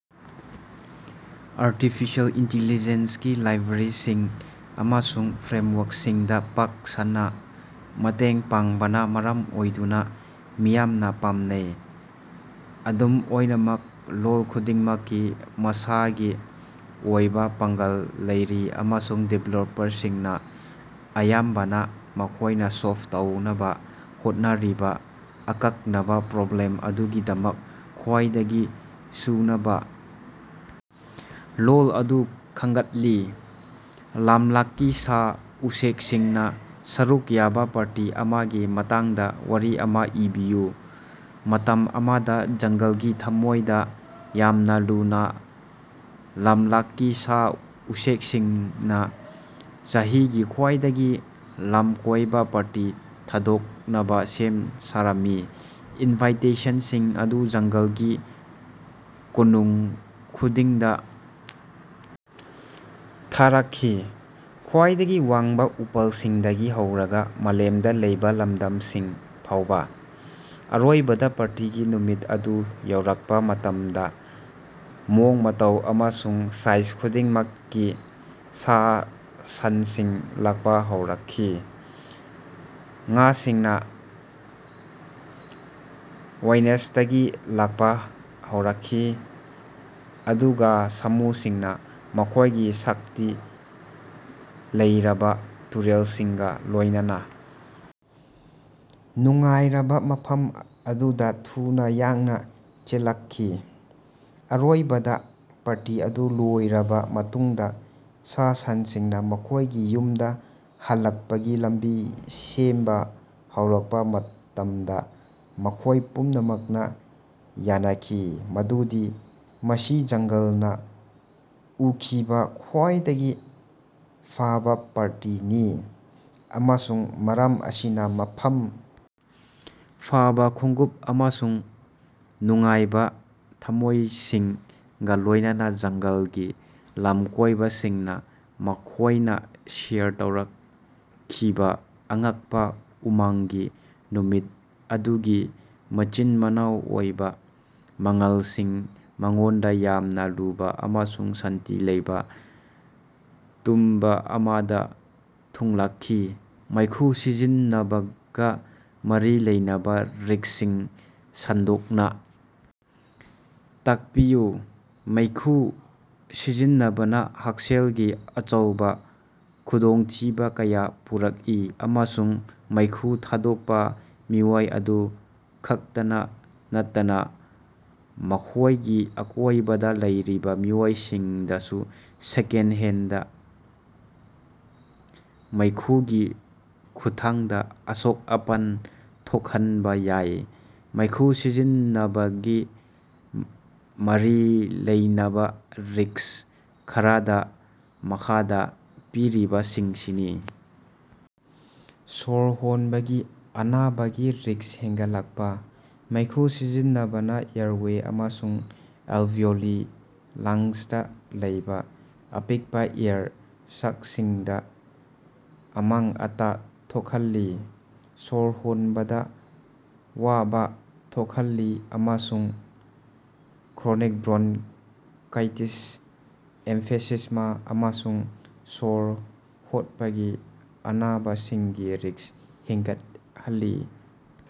Artificial ꯏꯟꯇ‌ꯦꯂꯤꯖ‌ꯦꯟꯁꯒꯤ ꯂꯥꯏꯕ꯭ꯔꯦꯔꯤꯁꯤꯡ ꯑꯃꯁꯨꯡ ꯐ꯭ꯔꯦꯝꯋꯥꯔꯛꯁꯤꯡꯗ ꯄꯥꯛ ꯁꯟꯅ ꯃꯇꯦꯡ ꯄꯥꯡꯕꯅ ꯃꯔꯝ ꯑꯣꯏꯗꯨꯅ ꯃꯤꯌꯥꯝꯅ ꯄꯥꯝꯅꯩ꯫ ꯑꯗꯨꯝ ꯑꯣꯏꯅꯃꯛ, ꯂꯣꯜ ꯈꯨꯗꯤꯡꯃꯛꯀꯤ ꯃꯁꯥꯒꯤ ꯑꯣꯏꯕ ꯄꯥꯡꯒꯜ ꯂꯩꯔꯤ ꯑꯃꯁꯨꯡ ꯗꯤꯕꯦꯜꯄꯔꯁꯤꯡꯅꯥ ꯑꯌꯥꯝꯕꯅ ꯃꯈꯣꯏꯅ ꯁꯣꯜꯞ ꯇꯧꯅꯕ ꯍꯣꯠꯅꯔꯤꯕ ꯑꯀꯛꯅꯕ ꯄ꯭ꯔꯣꯕ꯭ꯂꯦꯝ ꯑꯗꯨꯒꯤꯗꯃꯛ ꯈꯋꯥꯏꯗꯒꯤ ꯆꯨꯅꯕ ꯂꯣꯜ ꯑꯗꯨ ꯈꯟꯒꯠꯂꯤ꯫ ꯂꯝꯂꯛꯀꯤ ꯁꯥ-ꯎꯆꯦꯛꯁꯤꯡꯅ ꯁꯔꯨꯛ ꯌꯥꯕ ꯄꯥꯔꯇꯤ ꯑꯃꯒꯤ ꯃꯇꯥꯡꯗ ꯋꯥꯔꯤ ꯑꯃꯥ ꯏꯕꯤꯌꯨ꯫ ꯃꯇꯝ ꯑꯃꯗ, ꯖꯪꯒꯜꯒꯤ ꯊꯃꯣꯏꯗꯥ ꯌꯥꯝꯅ ꯂꯨꯅ, ꯂꯝꯂꯛꯀꯤ ꯁꯥ-ꯎꯆꯦꯛꯁꯤꯡꯅ ꯆꯍꯤꯒꯤ ꯈ꯭ꯋꯥꯏꯗꯒꯤ ꯂꯝꯀꯣꯏꯕ ꯄꯥꯔꯇꯤ ꯊꯥꯗꯣꯛꯅꯕ ꯁꯦꯝ ꯁꯥꯔꯝꯃꯤ꯫ ꯏꯟꯚꯥꯏꯇꯦꯁꯟꯁꯤꯡ ꯑꯗꯨ ꯖꯪꯒꯜꯒꯤ ꯀꯣꯅꯨꯡ ꯈꯨꯗꯤꯡꯗ ꯊꯥꯔꯛꯈꯤ, ꯈ꯭ꯋꯥꯏꯗꯒꯤ ꯋꯥꯡꯕ ꯎꯄꯥꯜꯁꯤꯡꯗꯒꯤ ꯍꯧꯔꯒ ꯃꯥꯂꯦꯝꯗ ꯂꯩꯕ ꯂꯝꯗꯝꯁꯤꯡ ꯐꯥꯎꯕ꯫ ꯑꯔꯣꯏꯕꯗ ꯄꯥꯔꯇꯤꯒꯤ ꯅꯨꯃꯤꯠ ꯑꯗꯨ ꯌꯧꯔꯛꯄꯥ ꯃꯇꯝꯗ ꯃꯑꯣꯡ-ꯃꯇꯧ ꯑꯃꯁꯨꯡ ꯁꯥꯏꯖ ꯈꯨꯗꯤꯡꯃꯛꯀꯤ ꯁꯥ-ꯁꯟꯁꯤꯡ ꯂꯥꯛꯄ ꯍꯧꯔꯛꯈꯤ꯫ ꯉꯥꯁꯤꯡꯅ ꯋꯥꯏꯅꯦꯁꯇꯒꯤ ꯂꯥꯛꯄ ꯍꯧꯔꯛꯈꯤ, ꯑꯗꯨꯒ ꯁꯃꯨꯁꯤꯡꯅ ꯃꯈꯣꯏꯒꯤ ꯁꯛꯇꯤ ꯂꯩꯔꯕ ꯇꯨꯔꯦꯜꯁꯤꯡꯒ ꯂꯣꯏꯅꯅ ꯅꯨꯡꯉꯥꯏꯔꯕ ꯃꯐꯝ ꯑꯗꯨꯗ ꯊꯨꯅꯥ ꯌꯥꯡꯅ ꯆꯦꯜꯂꯛꯈꯤ꯫ ꯑꯔꯣꯏꯕꯗ ꯄꯥꯔꯇꯤ ꯑꯗꯨ ꯂꯣꯏꯔꯕ ꯃꯇꯨꯡꯗ ꯁꯥ-ꯁꯟꯁꯤꯡꯅ ꯃꯈꯣꯏꯒꯤ ꯌꯨꯝꯗ ꯍꯜꯂꯛꯄꯒꯤ ꯂꯝꯕꯤ ꯁꯦꯝꯕ ꯍꯧꯔꯛꯄ ꯃꯇꯝꯗ ꯃꯈꯣꯏ ꯄꯨꯝꯅꯃꯛꯅ ꯌꯥꯅꯈꯤ ꯃꯗꯨꯗꯤ ꯃꯁꯤ ꯖꯪꯒꯜꯅ ꯎꯈꯤꯕ ꯈ꯭ꯋꯥꯏꯗꯒꯤ ꯐꯕ ꯄꯥꯔꯇꯤꯅꯤ꯫ ꯑꯃꯁꯨꯡ ꯃꯔꯝ ꯑꯁꯤꯅ, ꯃꯐꯝ ꯐꯥꯕ ꯈꯣꯡꯎꯞ ꯑꯃꯁꯨꯡ ꯅꯨꯡꯉꯥꯏꯕ ꯊꯝꯃꯣꯏꯁꯤꯡꯒ ꯂꯣꯏꯅꯅ, ꯖꯪꯒꯜꯒꯤ ꯂꯝꯀꯣꯏꯕꯁꯤꯡꯅ ꯃꯈꯣꯏꯅ ꯁꯦꯌꯔ ꯇꯧꯔꯛꯈꯤꯕ ꯑꯉꯛꯄ, ꯎꯃꯪꯒꯤ ꯅꯨꯃꯤꯠ ꯑꯗꯨꯒꯤ ꯃꯆꯤꯟ-ꯃꯅꯥꯎ ꯑꯣꯏꯕ ꯃꯪꯂꯥꯟꯁꯤꯡ ꯃꯉꯣꯟꯗ ꯌꯥꯝꯅ ꯂꯨꯕ ꯑꯃꯁꯨꯡ ꯁꯥꯟꯇꯤ ꯂꯩꯕ ꯇꯨꯝꯕ ꯑꯃꯗ ꯊꯨꯡꯂꯈꯤ꯫ ꯃꯩꯈꯨ ꯁꯤꯖꯤꯟꯅꯕꯒ ꯃꯔꯤ ꯂꯩꯅꯕ ꯔꯤꯛ꯭ꯁꯁꯤꯡ ꯁꯟꯗꯣꯛꯅ ꯇꯥꯛꯄꯤꯌꯨ꯫ ꯃꯩꯈꯨ ꯁꯤꯖꯤꯟꯅꯕꯅ ꯍꯛꯁꯦꯜꯒꯤ ꯑꯆꯧꯕ ꯈꯨꯗꯣꯡꯊꯤꯕ ꯀꯌꯥ ꯄꯨꯔꯛꯏ ꯑꯃꯁꯨꯡ ꯃꯩꯈꯨ ꯊꯥꯗꯣꯛꯄ ꯃꯤꯑꯣꯏ ꯑꯗꯨ ꯈꯛꯇ ꯅꯠꯇꯅ ꯃꯈꯣꯏꯒꯤ ꯑꯀꯣꯏꯕꯗ ꯂꯩꯔꯤꯕ ꯃꯤꯑꯣꯏꯁꯤꯡꯗꯁꯨ ꯁꯦꯀꯦꯟꯗꯍꯦꯟꯗ ꯃꯩꯈꯨꯒꯤ ꯈꯨꯠꯊꯥꯡꯗ ꯑꯁꯣꯛ-ꯑꯄꯟ ꯊꯣꯛꯍꯟꯕ ꯌꯥꯏ꯫ ꯃꯩꯈꯨ ꯁꯤꯖꯤꯟꯅꯕꯒꯤ ꯃꯔꯤ ꯂꯩꯅꯕ ꯔꯤꯛ꯭ꯁ ꯈꯔꯗ ꯃꯈꯥꯗ ꯄꯤꯔꯤꯕꯁꯤꯡꯁꯤꯅꯤ: ꯁ꯭ꯋꯔ ꯍꯣꯟꯕꯒꯤ ꯑꯅꯥꯕꯒꯤ ꯔꯤꯛ꯭ꯁ ꯍꯦꯟꯒꯠꯂꯛꯄꯥ: ꯃꯩꯈꯨ ꯁꯤꯖꯤꯟꯅꯕꯅ ꯑꯦꯌꯔꯋꯦ ꯑꯃꯁꯨꯡ ꯑꯦꯜꯕꯦꯑꯣꯂꯤ, ꯂꯪꯁꯇ ꯂꯩꯕ ꯑꯄꯤꯛꯄ ꯑꯦꯌꯔ ꯁꯦꯛꯁꯤꯡꯗ ꯑꯃꯥꯡ-ꯑꯇꯥ ꯊꯣꯛꯍꯜꯂꯤ, ꯁ꯭ꯋꯔ ꯍꯣꯟꯕꯗ ꯋꯥꯕ ꯊꯣꯛꯍꯜꯂꯤ ꯑꯃꯁꯨꯡ ꯀ꯭ꯔꯣꯅꯤꯛ ꯕ꯭ꯔꯣꯡꯀꯥꯏꯇꯤꯁ, ꯑꯦꯝꯐꯤꯁꯦꯃꯥ ꯑꯃꯁꯨꯡ ꯁ꯭ꯋꯔ ꯍꯣꯞꯕꯒꯤ ꯑꯅꯥꯕꯁꯤꯡꯒꯤ ꯔꯤꯛ꯭ꯁ ꯍꯦꯟꯒꯠꯍꯜꯂꯤ꯫